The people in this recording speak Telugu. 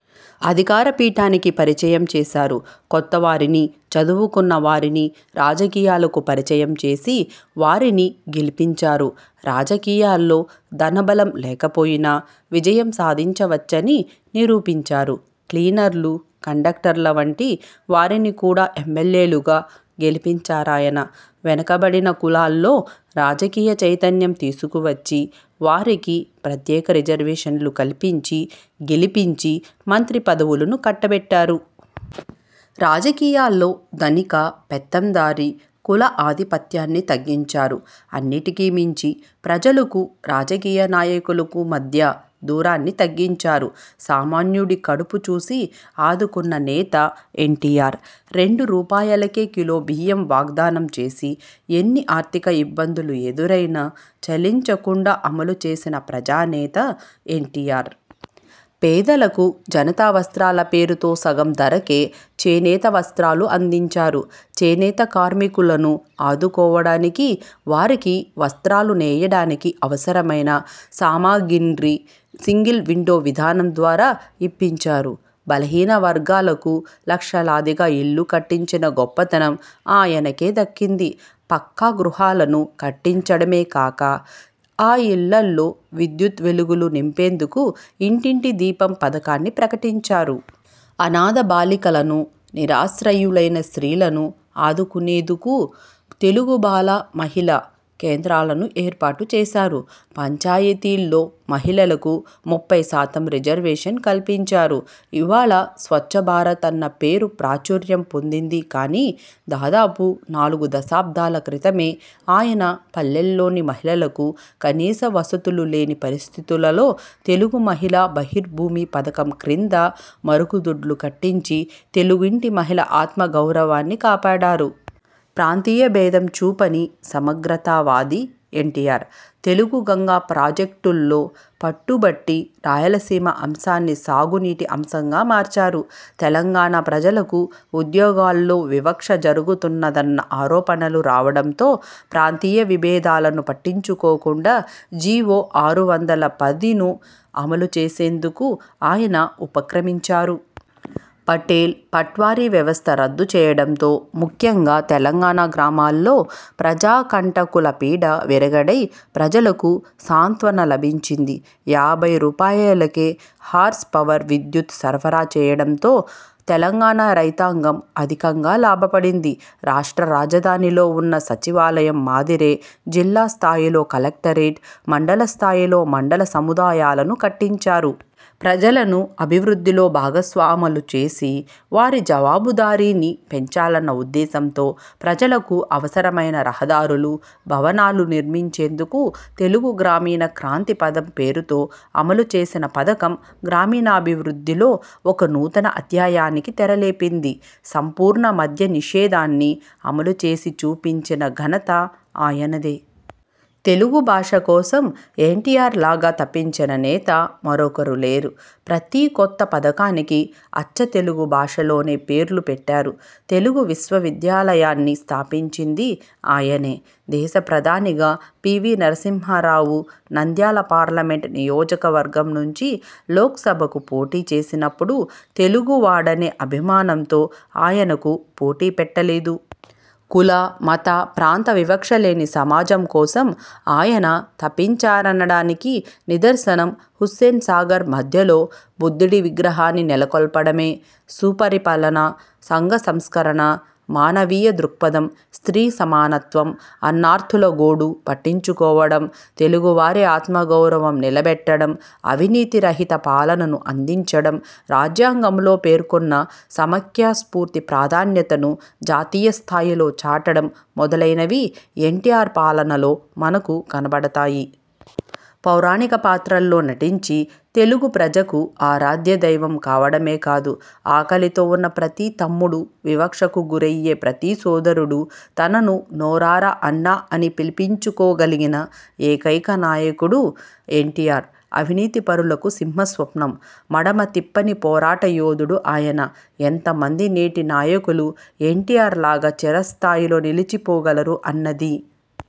అధికారపీఠానికి పరిచయం చేశారు. కొత్తవారిని, చదువుకున్న వారిని రాజకీయాలకు పరిచయం చేసి వారిని గెలిపించారు. రాజకీయాల్లో ధనబలం లేకపోయినా విజయం సాధించవచ్చని నిరూపించారు. క్లీనర్లు, కండక్టర్ల వంటి వారిని కూడా ఎమ్మెల్యేలుగా గెలిపించారాయన. వెనుకబడిన కులాల్లో రాజకీయ చైతన్యం తీసుకువచ్చి, వారికి ప్రత్యేక రిజర్వేషన్లు కల్పించి, గెలిపించి మంత్రి పదవులను కట్టబెట్టారు. రాజకీయాల్లో ధనిక, పెత్తందారీ, కుల ఆధిపత్యాన్ని తగ్గించారు. అన్నిటికీ మించి ప్రజలకూ రాజకీయ నాయకులకూ మధ్య దూరాన్ని తగ్గించారు. సామాన్యుడి కడుపు చూసి ఆదుకున్న నేత ఎన్టీఆర్. రెండు రూపాయలకే కిలో బియ్యం వాగ్దానం చేసి ఎన్ని ఆర్థిక ఇబ్బందులు ఎదురైనా చలించకుండా అమలు చేసిన ప్రజానేత ఎన్టీఆర్. పేదలకు జనతా వస్త్రాల పేరుతో సగం ధరకే చేనేత వస్త్రాలు అందించారు. చేనేత కార్మికులను ఆదుకోవడానికి వారికి వస్త్రాలు నేయడానికి అవసరమైన సామగిన్రి సింగిల్ విండో విధానం ద్వారా ఇప్పించారు. బలహీన వర్గాలకు లక్షలాదిగా ఇళ్లు కట్టించిన గొప్పతనం ఆయనకే దక్కింది. పక్కా గృహాలను కట్టించడమే కాక ఆ ఇళ్లలో విద్యుత్ వెలుగులు నింపేందుకు ఇంటింటి దీపం పథకాన్ని ప్రకటించారు. అనాథ బాలికలను, నిరాశ్రయులైన స్త్రీలను ఆదుకునేదుకు తెలుగు బాల మహిళా కేంద్రాలను ఏర్పాటు చేశారు. పంచాయతీల్లో మహిళలకు ముప్పై శాతం రిజర్వేషన్ కల్పించారు. ఇవాళ స్వచ్చభారత్ అన్న పేరు ప్రాచుర్యం పొందింది కాని దాదాపు నాలుగు దశాబ్దాల క్రితమే ఆయన పల్లెల్లోని మహిళలకు కనీస వసతులు లేని పరిస్థితులలో తెలుగు మహిళా బహిర్భూమి పధకం క్రింద మరుగుదొడ్లు కట్టించి తెలుగింటి మహిళ ఆత్మ గౌరవాన్ని కాపాడారు. ప్రాంతీయ భేదం చూపని సమగ్రతా వాది ఎన్టీఆర్. తెలుగు గంగ ప్రాజెక్టుల్లో పట్టుబట్టి రాయలసీమ అంశాన్ని సాగునీటి అంశంగా మార్చారు. తెలంగాణ ప్రజలకు ఉద్యోగాల్లో వివక్ష జరుగుతున్నదన్న ఆరోపణలు రావడంతో ప్రాంతీయ విభేదాలను పట్టించుకోకుండా జీవో ఆరు వందల పదిను అమలు చేసేందుకు ఆయన ఉపక్రమించారు. పటేల్, పట్వారీ వ్యవస్థ రద్దు చేయడంతో ముఖ్యంగా తెలంగాణ గ్రామాల్లో ప్రజాకంటకుల పీడ విరగడై ప్రజలకు సాంత్వన లభించింది. యాభై రూపాయలుకే హార్స్ పవర్ విద్యుత్ సరఫరా చేయడంతో తెలంగాణ రైతాంగం అధికంగా లాభపడింది. రాష్ట్ర రాజధానిలో ఉన్న సచివాలయం మాదిరే జిల్లా స్థాయిలో కలెక్టరేట్, మండల స్థాయిలో మండల సముదాయాలను కట్టించారు. ప్రజలను అభివృద్ధిలో భాగస్వామలు చేసి వారి జవాబుదారీని పెంచాలన్న ఉద్దేశంతో ప్రజలకు అవసరమైన రహదారులు, భవనాలు నిర్మించేందుకు తెలుగు గ్రామీణ క్రాంతి పథం పేరుతో అమలు చేసిన పథకం గ్రామీణాభివృద్ధిలో ఒక నూతన అధ్యాయానికి తెర లేపింది. సంపూర్ణ మద్యనిషేధాన్ని అమలు చేసి చూపించిన ఘనత ఆయనదే. తెలుగుభాష కోసం ఎన్టీఆర్ లాగా తపించిన నేత మరొకరు లేరు. ప్రతి కొత్త పథకానికి అచ్చతెలుగు భాషలోనే పేర్లు పెట్టారు. తెలుగు విశ్వవిద్యాలయాన్ని స్థాపించింది ఆయనే. దేశ ప్రధానిగా P. V. Narasimha Rao Nandyal parliament నియోజవర్గం నుంచి లోక్సభకు పోటీ చేసినప్పుడు తెలుగువాడనే అభిమానంతో ఆయనకు పోటీ పెట్టలేదు. కుల, మత, ప్రాంత వివక్షలేని సమాజం కోసం ఆయన తపించారనడానికి నిదర్శనం హుస్సేన్ సాగర్ మధ్యలో బుద్ధుడి విగ్రహాన్ని నెలకొల్పడమే. సుపరిపాలన, సంఘసంస్కరణ, మానవీయ దృక్పథం, స్త్రీ సమానత్వం, అన్నార్తులగోడు పట్టించుకోవడం, తెలుగువారి ఆత్మగౌరవం నిలబెట్టడం, అవినీతి రహిత పాలనను అందించడం, రాజ్యాంగంలో పేర్కొన్న సమాఖ్యస్ఫూర్తి ప్రాధాన్యతను జాతీయ స్థాయిలో చాటడం మొదలైనవి ఎన్టీఆర్ పాలనలో మనకు కనపడతాయి. పౌరాణికపాత్రల్లో నటించి తెలుగు ప్రజకు ఆరాధ్యదైవం కావడమే కాదు, ఆకలితో ఉన్న ప్రతి తమ్ముడూ, వివక్షకు గురయ్యే ప్రతి సోదరుడూ తనను నోరారా అన్నా అని పిలిపించుకోగలిగిన ఏకైకనాయకుడు ఎన్టీఆర్. అవినీతి పరులకు సింహస్వప్నం. మడమతిప్పని పోరాట యోధుడు ఆయన. ఎంతమంది నేటి నాయకులు ఎన్టీఆర్ లాగా చిరస్థాయిలో నిలిచిపోగలరు అన్నది.